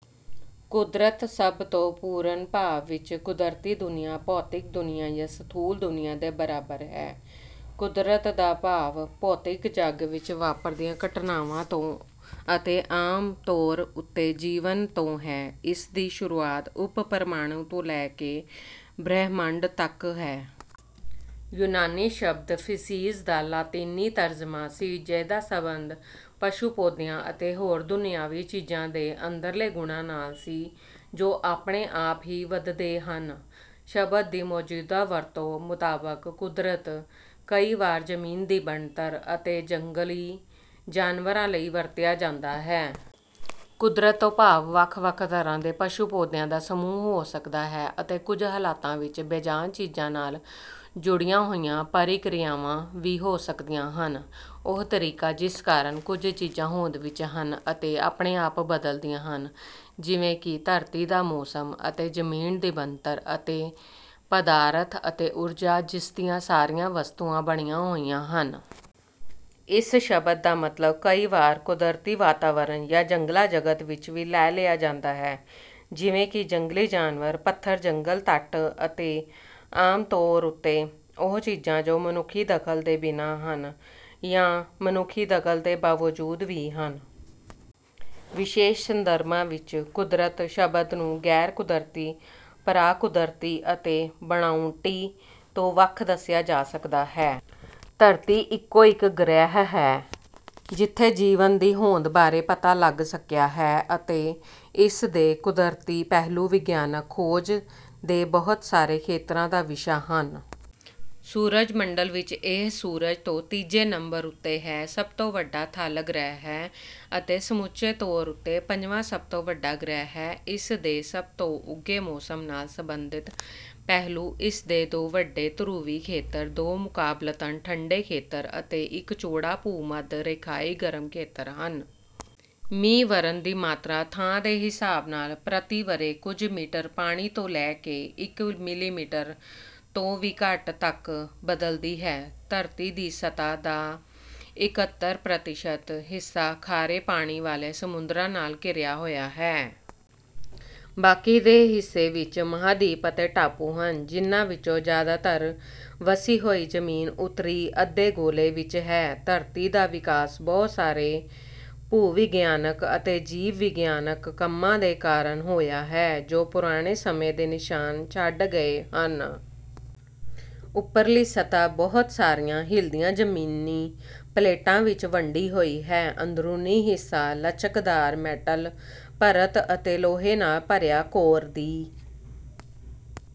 ਕੁਦਰਤ ਸਭ ਤੋਂ ਪੂਰਨ ਭਾਵ ਵਿੱਚ ਕੁਦਰਤੀ ਦੁਨੀਆਂ ਭੌਤਿਕ ਦੁਨੀਆਂ ਜਾਂ ਸਥੂਲ ਦੁਨੀਆਂ ਦੇ ਬਰਾਬਰ ਹੈ। "ਕੁਦਰਤ" ਦਾ ਭਾਵ ਭੌਤਿਕ ਜੱਗ ਵਿੱਚ ਵਾਪਰਦੀਆਂ ਘਟਨਾਵਾਂ ਤੋਂ ਅਤੇ ਆਮ ਤੌਰ ਉੱਤੇ ਜੀਵਨ ਤੋਂ ਹੈ। ਇਸਦੀ ਸ਼ੁਰੂਆਤ ਉਪ-ਪ੍ਰਮਾਣੂ ਤੋਂ ਲੈ ਕੇ ਬ੍ਰਹਿਮੰਡ ਤੱਕ ਹੈ। ਯੂਨਾਨੀ ਸ਼ਬਦ ਫ਼ਿਸਿਜ਼ ਦਾ ਲਾਤੀਨੀ ਤਰਜਮਾ ਸੀ ਜਿਹਦਾ ਸਬੰਧ ਪਸ਼ੂ-ਪੌਦਿਆਂ ਅਤੇ ਹੋਰ ਦੁਨਿਆਵੀ ਚੀਜ਼ਾਂ ਦੇ ਅੰਦਰਲੇ ਗੁਣਾਂ ਨਾਲ ਸੀ ਜੋ ਆਪਣੇ-ਆਪ ਹੀ ਵਧਦੇ ਹਨ। ਸ਼ਬਦ ਦੀ ਮੌਜੂਦਾ ਵਰਤੋਂ ਮੁਤਾਬਕ "ਕੁਦਰਤ" ਕਈ ਵਾਰ ਜ਼ਮੀਨ ਦੀ ਬਣਤਰ ਅਤੇ ਜੰਗਲੀ ਜਾਨਵਰਾਂ ਲਈ ਵਰਤਿਆ ਜਾਂਦਾ ਹੈ। ਕੁਦਰਤ ਤੋਂ ਭਾਵ ਵੱਖ-ਵੱਖ ਤਰ੍ਹਾਂ ਦੇ ਪਸ਼ੂ-ਪੌਦਿਆਂ ਦਾ ਸਮੂਹ ਹੋ ਸਕਦਾ ਹੈ ਅਤੇ ਕੁਝ ਹਾਲਤਾਂ ਵਿੱਚ ਬੇਜਾਨ ਚੀਜ਼ਾਂ ਨਾਲ ਜੁੜੀਆਂ ਹੋਈਆਂ ਪ੍ਰਕਿਰਿਆਵਾਂ ਵੀ ਹੋ ਸਕਦੀਆਂ ਹਨ। ਉਹ ਤਰੀਕਾ ਜਿਸ ਕਾਰਨ ਕੁਝ ਚੀਜ਼ਾਂ ਹੋਂਦ ਵਿੱਚ ਹਨ ਅਤੇ ਆਪਣੇ-ਆਪ ਬਦਲਦੀਆਂ ਹਨ ਜਿਵੇਂ ਕਿ ਧਰਤੀ ਦਾ ਮੌਸਮ ਅਤੇ ਜ਼ਮੀਨ ਦੀ ਬਣਤਰ ਅਤੇ ਪਦਾਰਥ ਅਤੇ ਊਰਜਾ ਜਿਸਦੀਆਂ ਸਾਰੀਆਂ ਵਸਤੂਆਂ ਬਣੀਆਂ ਹੋਈਆਂ ਹਨ। ਇਸ ਸ਼ਬਦ ਦਾ ਮਤਲਬ ਕਈ ਵਾਰ ਕੁਦਰਤੀ ਵਾਤਾਵਰਨ ਜਾਂ ਜੰਗਲ-ਜਗਤ ਵੀ ਲੈ ਲਿਆ ਜਾਂਦਾ ਹੈ ਜਿਵੇਂ ਕਿ ਜੰਗਲੀ ਜਾਨਵਰ ਪੱਥਰ ਜੰਗਲ ਤੱਟ ਅਤੇ ਆਮ ਤੌਰ ਉੱਤੇ ਉਹ ਚੀਜ਼ਾਂ ਜੋ ਮਨੁੱਖੀ ਦਖ਼ਲ ਦੇ ਬਿਨਾਂ ਹਨ ਜਾਂ ਮਨੁੱਖੀ ਦਖ਼ਲ ਦੇ ਬਾਵਜੂਦ ਵੀ ਹਨ। ਵਿਸ਼ੇਸ਼ ਸੰਦਰਭਾਂ ਵਿੱਚ "ਕੁਦਰਤ" ਸ਼ਬਦ ਨੂੰ ਗ਼ੈਰ-ਕੁਦਰਤੀ ਪਰਾਕੁਦਰਤੀ ਅਤੇ ਬਣਾਉਟੀ ਤੋਂ ਵੱਖ ਦੱਸਿਆ ਜਾ ਸਕਦਾ ਹੈ। ਧਰਤੀ ਇੱਕੋ-ਇੱਕ ਗ੍ਰਹਿ ਹੈ ਜਿੱਥੇ ਜੀਵਨ ਦੀ ਹੋਂਦ ਬਾਰੇ ਪਤਾ ਲੱਗ ਸਕਿਆ ਹੈ ਅਤੇ ਇਸ ਦੇ ਕੁਦਰਤੀ ਪਹਿਲੂ ਵਿਗਿਆਨਕ ਖੋਜ ਦੇ ਬਹੁਤ ਸਾਰੇ ਖੇਤਰਾਂ ਦਾ ਵਿਸ਼ਾ ਹਨ। ਸੂਰਜ-ਮੰਡਲ ਵਿੱਚ ਇਹ ਸੂਰਜ ਤੋਂ ਤੀਜੇ ਨੰਬਰ ਉੱਤੇ ਹੈ ਸਭ ਤੋਂ ਵੱਡਾ ਥਲ ਗ੍ਰਹਿ ਹੈ ਅਤੇ ਸਮੁੱਚੇ ਤੌਰ ਉੱਤੇ ਪੰਜਵਾਂ ਸਭ ਤੋਂ ਵੱਡਾ ਗ੍ਰਹਿ ਹੈ। ਇਸ ਦੇ ਸਭ ਤੋਂ ਉੱਘੇ ਮੌਸਮ ਨਾਲ ਸਬੰਧਿਤ ਪਹਿਲੂ ਇਸ ਦੇ ਦੋ ਵੱਡੇ ਧਰੁਵੀ ਖੇਤਰ ਦੋ ਮੁਕਾਬਲਤਨ ਠੰਡੇ ਖੇਤਰ ਅਤੇ ਇੱਕ ਚੌੜਾ ਭੂ-ਮੱਧ ਰੇਖਾਈ ਗਰਮ ਖੇਤਰ ਹਨ। ਮੀਂਹ ਵਰ੍ਹਨ ਦੀ ਮਾਤਰਾ ਥਾਂ ਦੇ ਹਿਸਾਬ ਨਾਲ ਪ੍ਰਤੀ ਵਰ੍ਹੇ ਕੁਝ ਮੀਟਰ ਪਾਣੀ ਤੋਂ ਲੈ ਕੇ ਇੱਕ ਮਿਲੀਮੀਟਰ ਤੋਂ ਵੀ ਘੱਟ ਤੱਕ ਬਦਲਦੀ ਹੈ। ਧਰਤੀ ਦੀ ਸਤ੍ਹਾ ਦਾ ਇਕਹੱਤਰ ਪ੍ਰਤੀਸ਼ਤ ਹਿੱਸਾ ਖਾਰੇ ਪਾਣੀ ਵਾਲੇ ਸਮੁੰਦਰਾਂ ਨਾਲ ਘਿਰਿਆ ਹੋਇਆ ਹੈ। ਬਾਕੀ ਦੇ ਹਿੱਸੇ ਵਿੱਚ ਮਹਾਂਦੀਪ ਅਤੇ ਟਾਪੂ ਹਨ ਜਿਹਨਾਂ ਵਿੱਚੋਂ ਜ਼ਿਆਦਾਤਰ ਵਸੀ ਹੋਈ ਜ਼ਮੀਨ ਉੱਤਰੀ ਅੱਧੇ ਗੋਲੇ ਵਿੱਚ ਹੈ ਧਰਤੀ ਦਾ ਵਿਕਾਸ ਬਹੁਤ ਸਾਰੇ ਭੂ-ਵਿਗਿਆਨਕ ਅਤੇ ਜੀਵ-ਵਿਗਿਆਨਕ ਕੰਮਾਂ ਦੇ ਕਾਰਨ ਹੋਇਆ ਹੈ ਜੋ ਪੁਰਾਣੇ ਸਮੇਂ ਦੇ ਨਿਸ਼ਾਨ ਛੱਡ ਗਏ ਹਨ। ਉੱਪਰਲੀ ਸਤ੍ਹਾ ਬਹੁਤ ਸਾਰੀਆਂ ਹਿੱਲਦੀਆਂ ਜ਼ਮੀਨੀ ਪਲੇਟਾਂ ਵਿੱਚ ਵੰਡੀ ਹੋਈ ਹੈ ਅੰਦਰੂਨੀ ਹਿੱਸਾ ਲਚਕਦਾਰ ਮੈਂਟਲ ਪਰਤ ਅਤੇ ਲੋਹੇ ਨਾਲ ਭਰਿਆ ਕੋਰ ਦੀ